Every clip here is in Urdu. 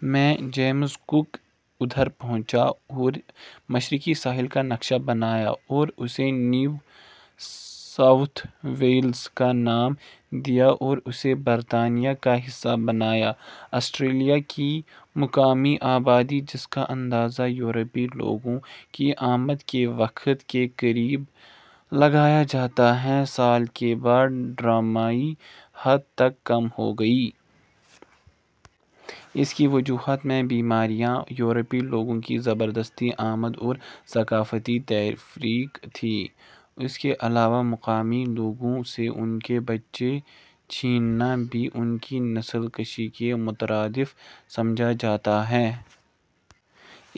ء میں، جیمز کُک ادھر پہنچا اور مشرقی ساحل کا نقشہ بنایا اور اسے نیو ساؤتھ ویلز کا نام دیا اور اسے برطانیہ کا حصہ بنایا۔ آسٹریلیا کی مقامی آبادی جس کا اندازہ یورپی لوگوں کی آمد کے وقت ، کے قریب لگایا جاتا ہے، سال کے بعد ڈرامائی حد تک کم ہو گئی۔ اس کی وجوہات میں بیماریاں، یورپی لوگوں کی زبردستی آمد اور ثقافتی تفریق تھیں۔ اس کے علاوہ مقامی لوگوں سے ان کے بچے چھیننا بھی ان کی نسل کشی کے مترادف سمجھاجاتا ہے۔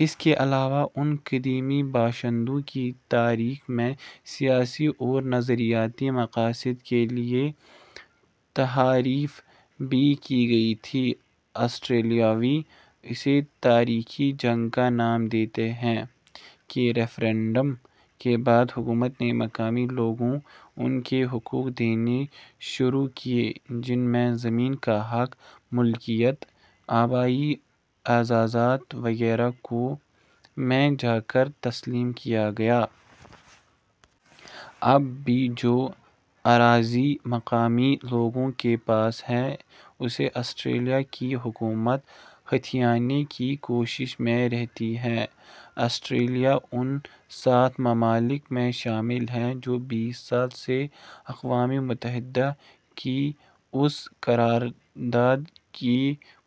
اس کے علاوہ ان قدیمی باشندوں کی تاریخ میں سیاسی اور نظریاتی مقاصد کے لیے تحاریف بھی کی گئی تھیں۔ آسٹریلوی اسے تاریخی جنگ کا نام دیتے ہیں۔ ء کے ریفرنڈم کے بعد، حکومت نے مقامی لوگوں ان کے حقوق دینے شروع کیے جن میں زمین کا حق ملکیت، آبائی اعزازات وغیرہ کو ء میں جا کر تسلیم کیا گیا۔ اب بھی جو اراضی مقامی لوگوں کے پاس ہے اسے آسٹریلیا کی حکومت ہتھیانے کی کوشش میں رہتی ہے۔ آسٹریلیا ان سات ممالک میں شامل ہے، جو بیس سال سے اقوام متحدہ کی اس قرارداد کی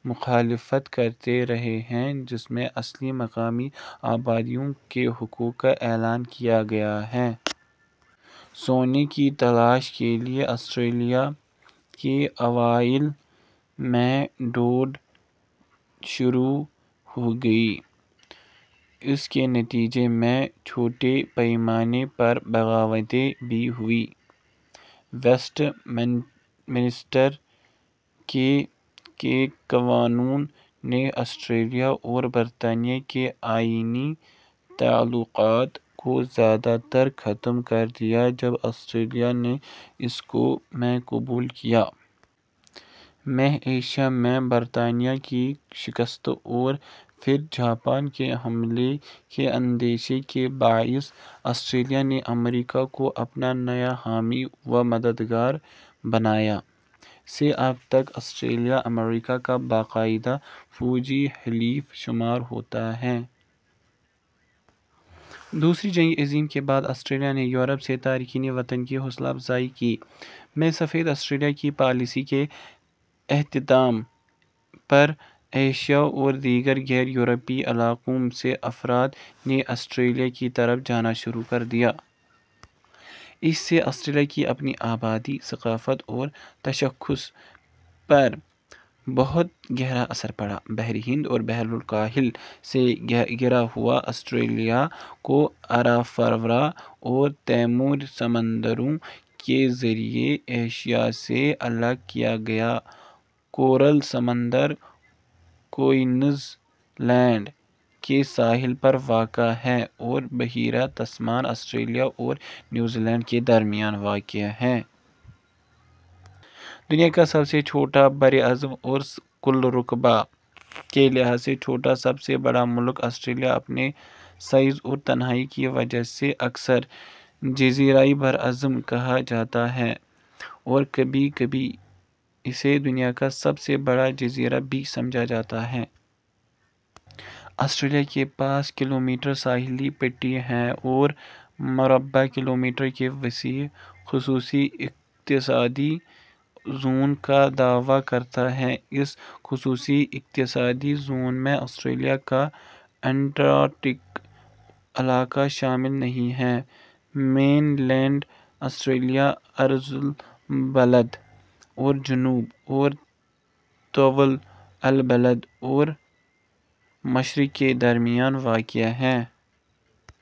مخالفت کرتے رہے ہیں جس میں اصلی مقامی آبادیوں کے حقوق کا اعلان کیا گیا ہے۔ سونے کی تلاش کے لیے آسٹریلیا میں ء کے اوائل میں دوڑ شروع ہوئی۔ اس کے نتیجے میں چھوٹے پیمانے پر بغاوتیں بھی ہوئیں۔ ویسٹ منسٹر کے ء کے قانون نے آسٹریلیا اور برطانیہ کے آئینی تعلقات کو زیادہ تر ختم کر دیا جب آسٹریلیا نے اس کو ء میں قبول کیا۔ ء میں ایشیا میں برطانیہ کی شکست اور پھر جاپان کے حملے کے اندیشے کے باعث آسٹریلیا نے امریکا کو اپنا نیا حامی و مددگار بنایا۔ ء سے اب تک آسٹریلیا امریکا کا باقاعدہ فوجی حلیف شمار ہوتا ہے۔ دوسری جنگ عظیم کے بعد آسٹریلیا نے یورپ سے تارکین وطن کی حوصلہ افزائی کی۔ ء میں سفید آسٹریلیا کی پالیسی کے اختتام پر ایشیا اور دیگر غیر یورپی علاقوں سے افراد نے آسٹریلیا کی طرف جانا شروع کر دیا۔ اس سے آسٹریلیا کی اپنی آبادی، ثقافت اور تشخص پر بہت گہرا اثر پڑا۔ بحر ہند اور بحرالکاہل سے گھرا ہوا، آسٹریلیا کو ارافورا اور تیمور سمندروں کے ذریعے ایشیا سے الگ کیا گیا ہے، کورل سمندر کوئنز لینڈ کے ساحل پر واقع ہے اور بحیرہ تسمان آسٹریلیا اور نیوزی لینڈ کے درمیان واقع ہے۔ دنیا کا سب سے چھوٹا براعظم اور کل رقبہ کے لحاظ سے چھٹا سب سے بڑا ملک، آسٹریلیا اپنے سائز اور تنہائی کی وجہ سے اکثر "جزیرہ براعظم" کہا جاتا ہے اور کبھی کبھی اسے دنیا کا سب سے بڑا جزیرہ بھی سمجھا جاتا ہے۔ آسٹریلیا کے پاس کلومیٹر ساحلی پٹی ہے اور مربع کلومیٹر کے وسیع خصوصی اقتصادی زون کا دعویٰ کرتا ہے۔ اس خصوصی اقتصادی زون میں آسٹریلیا کا انٹارکٹک علاقہ شامل نہیں ہے۔ مین لینڈ آسٹریلیا عرض البلد اور جنوب اور طول البلد اور مشرق کے درمیان واقع ہے۔